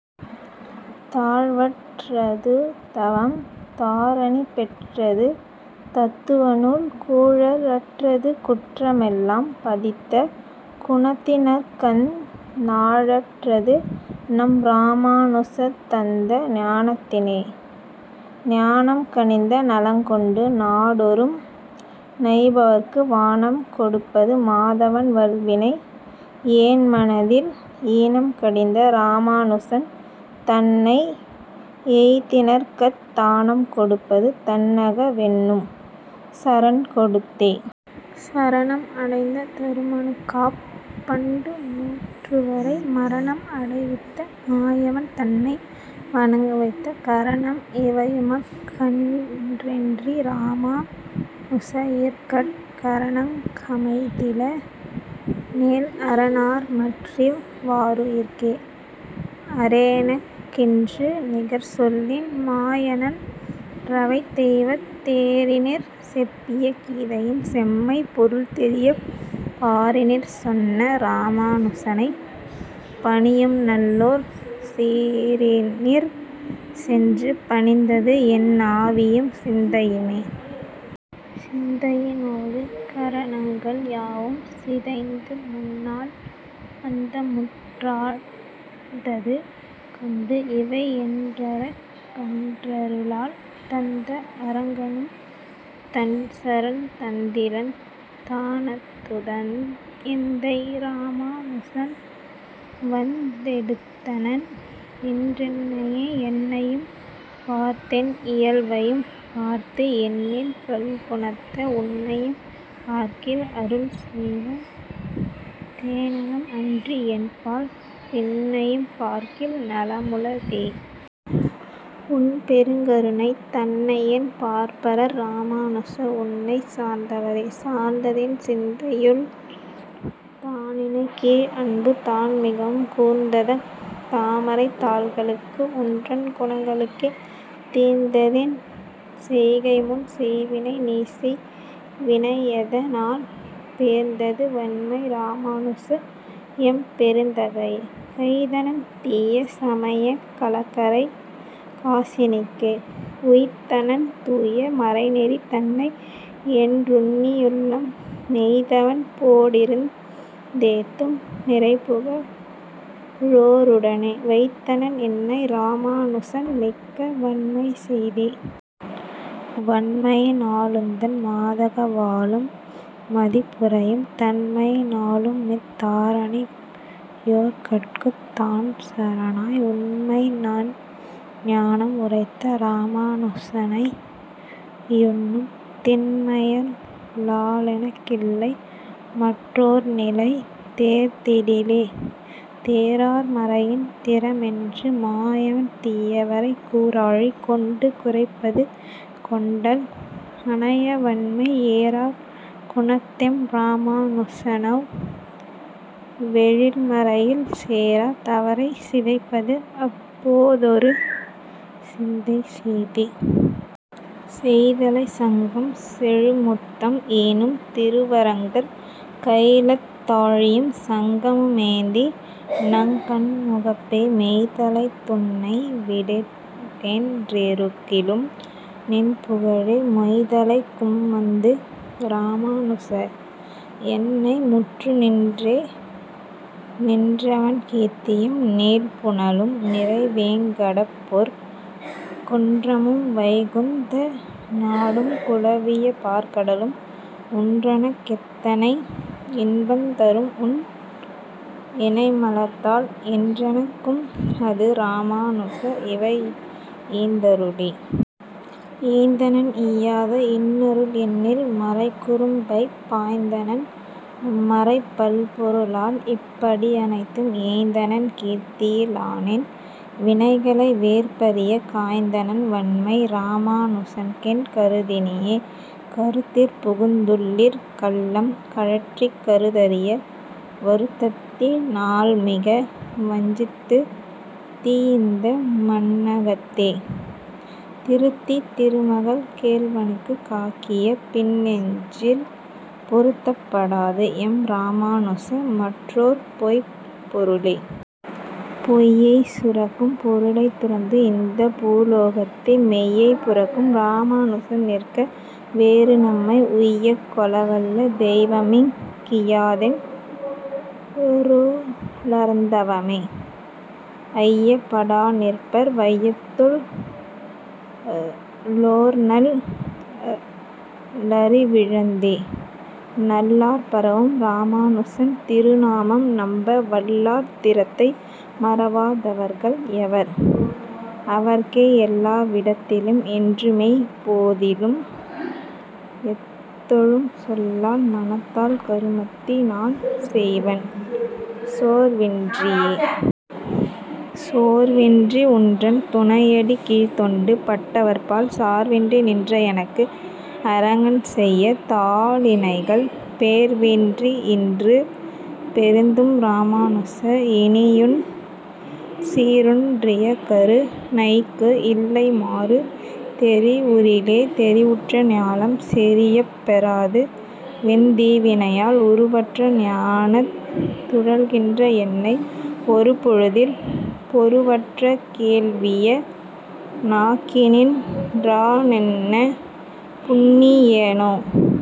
தாழ்வற் றதுதவம் தாரணி பெற்றது, தத்துவநூல் கூழற் றதுகுற்ற மெல்லாம் பதித்த குணத்தினர்க்கந் நாழற் றது, நம் இராமா னுசந்தந்த ஞானத்திலே. ஞானம் கனிந்த நலங்கொண்டு நாடொரும் நைபவர்க்கு வானம் கொடுப்பது மாதவன் வல்வினை யேன்மனத்தில் ஈனம் கடிந்த இராமா னுசன் தன்னை எய்தினர்க்கத் தானம் கொடுப்பது தன்தக வென்னும் சரண்கொடுத்தே. சரணம் அடைந்த தருமனுக் காப், பண்டு நூற்றுவரை மரணம் அடைவித்த மாயவன் தன்னை வணங்கவைத்த கரணம் இவையுமக் கன்றென்றி ராமா னுசனுயிர்கட் கரணங் கமைத்தில னேல், அர ணார்மற்றிவ் வாருயிர்க்கே? அரெனக் கின்று நிகர்ச்சொல்லின் மாயனன் றைவர்த்தெய்வத் தேரினிற் செப்பிய கீதையின் செம்மைப் பொருள்தெரியப் பாரினிற் சொன்ன இராமா னுசனைப் பணியும்நல்லோர் சீரினிற் சென்று பணிந்தது, என் னாவியும் சிந்தையுமே. சிந்தையி னோடு கரணங்கள் யாவும் சிதைந்து, முன்னாள் அந்தமுற் றாழ்ந்தது கண்டு, இவை என்றனக் கன்றருளால் தந்த அரங்கனும் தன்சரண் தந்திலன் தானதுதந்து எந்தை இராமா னுசன்வந் தெடுத்தனன் இன்றென்னையே. என்னையும் பார்த்தென் இயல்வையும் பார்த்து, எண்ணில் பல்குணத்த உன்னையும் பார்க்கில் அருள்செய்வ தேநலம் அன்றியென்பால் பின்னையும் பார்க்கில் நலமுள தே? உன் பெருங்கருணை தன்னையென் பார்ப்பர் இராமா னுச உன்னைச் சார்ந்தவரே? சார்ந்ததென் சிந்தையுன் தாளிணைக் கீழ், அன்பு தான்மிகவும் கூர்ந்ததத் தாமரைத் தாள்களுக்கு உன்றன் குணங்களுக்கே தீர்ந்ததென் செய்கைமுன் செய்வினை நீசெய் வினையதனால் பேர்ந்தது வண்மை இராமா னுச எம் பெருந்தகையே. கைத்தனன் தீய சமயக் கலகரைக் காசினிக்கே உய்த்தனன் தூய மறைநெறி தன்னை, என் றுன்னியுள்ளம் நெய்த்தவன் போடிருந் தேத்தும் நிறைபுக ழோருடனே வைத்தனன் என்னை இராமா னுசன்மிக்க வண்மைசெய்தே. வண்மையி னாலுந்தன் மாதக வாலும் மதிபுரையும் தண்மையி னாலுமித் தாரணி யோர்கட்குத் தான்சரணாய் உண்மைநன் ஞானம் உரைத்த இராமா னுசனையுன்னும் திண்மையல் லாலெனக் கில்லை, மற் றோர்நிலை தேர்ந்திடிலே. தேரார் மறையின் திறமென்று மாயவன் தீயவரைக் கூராழி கொண்டு குறைப்பது கொண்டல் அனையவண்மை ஏரார் குணத்தெம் இராமா னுசனவ் வெழில்மறையில் சேரா தவரைச் சிதைப்பது அப் போதொரு சிந்தைசெய்தே. செய்த்தலைச் சங்கம் செழுமுத்தம் ஈனும் திருவரங்கர் கைத்தலத் தாழியும் சங்கமு மேந்தி, நங் கண்முகப்பே மெய்த்தலைத் துன்னை விடேனென் றிருக்கிலும் நின்புகழே மொய்த்தலைக் கும்வந்து இராமா னுச. என்னை முற்றுநின்றே. நின்றவண் கீர்த்தியும் நீள்புனலும், நிறை வேங்கடப்பொற் குன்றமும் வைகுந்த நாடும் குலவிய பாற்கடலும் உன்றனக் கெத்தனை இன்பந் தரும்உன் இணைமலர்த்தாள் என்றனக் கும்அது, இராமா னுச இவை யீந்தருளே. ஈந்தனன் ஈயாத இன்னருள் எண்ணில் மறைக்குறும்பைப் பாய்ந்தனன் அம்மறைப் பல்பொரு ளால், இப் படியனைத்தும் ஏய்ந்தனன் கீர்த்தியி னாலென் வினைகளை வேர்பறியக் காய்ந்தனன் வண்மை இராமா னுசற்கென் கருத்தினியே? கருத்திற் புகுந்துள்ளிற் கள்ளம் கழற்றிக் கருதரிய வருத்தத்தி னால்மிக வஞ்சித்து நீயிந்த மண்ணகத்தே திருத்தித் திருமகள் கேள்வனுக் காக்கிய பின்னென்னெஞ்சில் பொருத்தப் படாது, எம் இராமா னுச மற்றோர் பொய்ப் பொருளே. பொய்யைச் சுரக்கும் பொருளைத் துறந்து, இந்தப் பூதலத்தே மெய்மைப் புரக்கும் இராமா னுசன்நிற்க, வேறுநம்மை உய்யக் கொளவல்ல தெய்வமிங் கியாதென் றுலர்ந்தவமே ஐயப் படாநிற்பர் வையத்துள் ளோர்நல் லறிவிழந்தே. நல்லார் பரவும் இராமா னுசன், திரு நாமம்நம்ப வல்லார் திறத்தை மறவா தவர்கள் எவர், அவர்க்கே எல்லா விடத்திலும் என்றுமெப் போதிலும் எத்தொழும் சொல்லால் மனத்தால் கருமத்தி னால்செய்வன் சோர்வின்றியே. சோர்வின்றி உன்றன் துணையடிக் கீழ்த், தொண்டு பட்டவர்பால் சார்வின்றி நின்ற எனக்கு, அரங் கன்செய்ய தாளிணைகள் பேர்வின்றி யின்று பெறுத்தும் இராமா னுச. இனியுன் சீரொன் றியகரு ணைக்கு, இல்லை மாறு தெரிவுறிலே. தெரிவுற்ற ஞாலம் செறியப் பெறாது, வெந் தீவினையால் உருவற்ற ஞானத் துழல்கின்ற என்னை, ஒருபொழுதில் பொருவற்ற கேள்விய னாக்கிநின் றானென்ன புண்ணீயனோ.